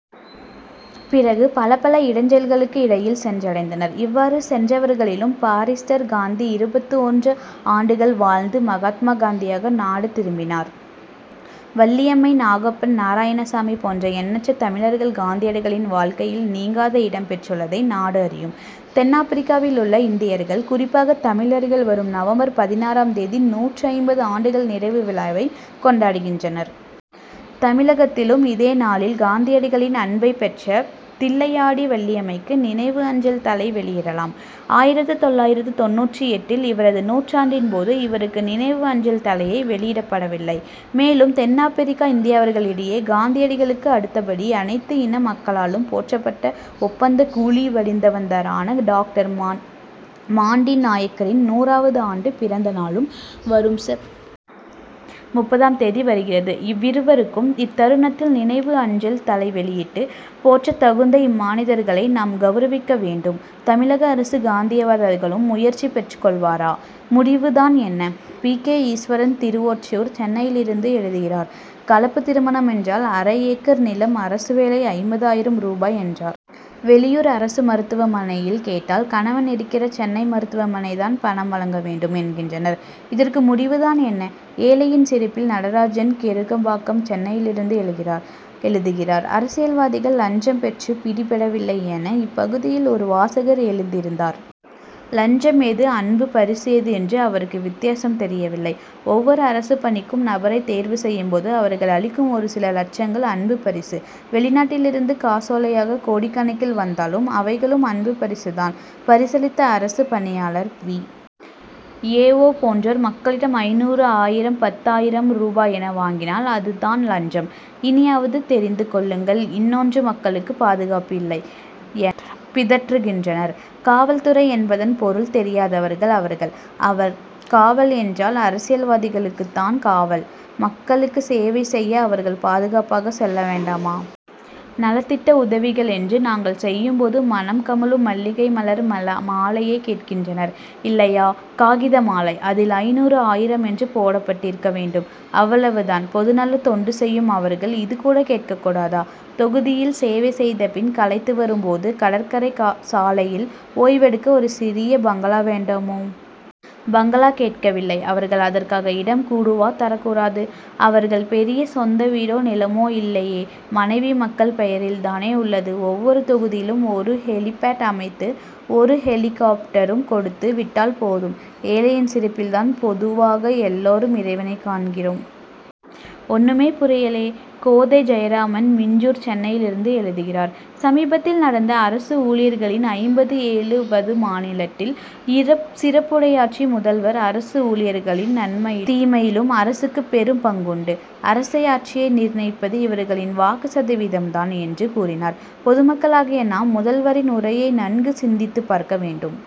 பிறகு, பலபல இடைஞ்சல்களுக்கு இடையில் சென்றடைந்தனர். இவ்வாறு சென்றவர்களிலும், பாரிஸ்டர் காந்தி இருபத்து ஒன்று ஆண்டுகள் வாழ்ந்து, மகாத்மா காந்தியாக நாடு திரும்பினர். வள்ளியம்மை, நாகப்பன், நாராயணசாமி போன்ற எண்ணற்ற தமிழர்கள், காந்தியடிகளின் வாழ்க்கையில் நீங்காத இடம் பெற்றுள்ளதை நாடு அறியும். தென்னாப்ரிக்காவில் உள்ள இந்தியர்கள், குறிப்பாக தமிழர்கள், வரும் நவம்பர் பதினாறாம் தேதி, நூற்று ஐம்பது ஆண்டுகள் நிறைவு விழாவை கொண்டாடுகின்றனர். தமிழகத்திலும் இதே நாளில், காந்தியடிகளின் அன்பைப் பெற்ற தில்லையாடி வள்ளியம்மைக்கு நினைவு அஞ்சல் தலை வெளியிடலாம். ஆயிரத்து தொள்ளாயிரத்து தொண்ணூற்று எட்டில் இவரது நூற்றாண்டின் போது, இவருக்கு நினைவு அஞ்சல் தலையை வெளியிடபடவில்லை. மேலும், தென்னாப்ரிக்க இந்தியர்களிடையே காந்தியடிகளுக்கு அடுத்தபடி, அனைத்து இன மக்களாலும் போற்றப்பட்ட, ஒப்பந்த கூலி' வழிவந்தவரான டாக்டர் மாண்டிநாய்க்கரின் நூறாவது ஆண்டு பிறந்த நாளும், வரும் செப்., முப்பதாம் தேதி வருகிறது. இவ்விருவருக்கும் இத்தருணத்தில் நினைவு அஞ்சல் தலை வெளியிட்டு, போற்றத் தகுந்த இம்மானிதர்களை, நாம் கவுரவிக்க வேண்டும். தமிழக அரசும், காந்தியவாதிகளும் முயற்சி மேற்கொள்வரா? முடிவு தான் என்ன? பி. கே. ஈஸ்வரன், திருவொற்றியூர், சென்னையிலிருந்து எழுதுகிறார்: கலப்பு திருமணம் என்றால், அரை ஏக்கர் நிலம், அரசு வேலை, ஐம்பது ஆயிரம் ரூபாய் என்றார். வெளியூர் அரசு மருத்துவ மனையில் கேட்டால், கணவன் இருக்கிற சென்னை மருத்துவமனை தான் பணம் வழங்க வேண்டும்' என்கின்றனர். இதற்கு முடிவு தான் என்ன? ஏழையின் சிரிப்பில்: நடராஜன், கெருகம்பாக்கம், சென்னையிலிருந்து எழுதுகிறார்: அரசியல்வாதிகள் லஞ்சம் பெற்று பிடிபடவில்லை' என, இப்பகுதியில் ஒரு வாசகர் எழுதியிருந்தார். லஞ்சம் எது, அன்புப் பரிசு எது என்று அவருக்கு வித்தியாசம் தெரியவில்லை. ஒவ்வொரு அரசுப் பணிக்கும் நபரை தேர்வு செய்யும் போது, அவர்கள் அளிக்கும் ஒரு சில லட்சங்கள் அன்பு பரிசு. வெளிநாட்டிலிருந்து காசோலையாக கோடிக்கணக்கில் வந்தாலும், அவைகளும் அன்பு பரிசு தான். பரிசளித்த அரசு பணியாளர், வி. ஏ. ஓ., போன்றோர் மக்களிடம் ஐநூறு, ஆயிரம் பத்து ஆயிரம் ரூபாய் என வாங்கினால், அது தான் லஞ்சம்; இனியாவது தெரிந்து கொள்ளுங்கள்இன்னொன்று, மக்களுக்கு பாதுகாப்பில்லை' என பிதற்றுகின்றனர். காவல்துறை என்பதன் பொருள் தெரியாதவர்கள் அவர்கள். காவல் என்றால், அரசியல்வாதிகளுக்குத் தான் காவல். மக்களுக்கு சேவை செய்ய அவர்கள் பாதுகாப்பாக செல்ல வேண்டாமா? நலத்திட்ட உதவிகள் என்று நாங்கள் செய்யும் போது, மணம் கமழும் மல்லிகை மலர் மாலையே கேட்கின்றனர்? இல்லையே! காகித மாலை. அதில், ஐநூறு, ஆயிரம் என்று போடப்பட்டிருக்க வேண்டும்; அவ்வளவு தான்! பொதுநலத் தொண்டு செய்யும் அவர்கள், இது கூட கேட்கக் கூடாதா? தொகுதியில் சேவை செய்த பின் களைத்து வரும் போது, கடற்கரை சாலையில் ஓய்வெடுக்க ஒரு சிறிய பங்களா வேண்டாமோ? பங்களா கேட்கவில்லை அவர்கள், அதற்காக இடம் கூடவா தரக்கூடாது? அவர்கள் பெரிய சொந்த வீடோ, நிலமோ இல்லையே! மனைவி, மக்கள் பெயரில் தானே உள்ளது. ஒவ்வொரு தொகுதியிலும், ஒரு ஹெலிபேட் அமைத்து, ஒரு ஹெலிகாப்டரும் கொடுத்து விட்டால் போதும். ஏழையின் சிரிப்பில் தான் பொதுவாக எல்லாரும் இறைவனைக் காண்கிறோம். ஒண்ணுமே புரியலே: கோதை ஜெயராமன், மீஞ்சூர், சென்னையிலிருந்து எழுதுகிறார்: சமீபத்தில் நடந்த அரசு ஊழியர்களின் ஐம்பத்து ஏழுவது மாநாட்டில் சிறப்புரையாற்றிய முதல்வர், அரசு ஊழியர்களின் நன்மையிலும், தீமையிலும் அரசுக்கு பெரும் பங்குண்டு; அரசை, ஆட்சியை நிர்ணயிப்பது இவர்களின் வாக்கு சதவீதம் தான்' என்று கூறினார். பொதுமக்களாகிய நாம், முதல்வரின் உரையை நன்கு சிந்தித்து பார்க்க வேண்டும்.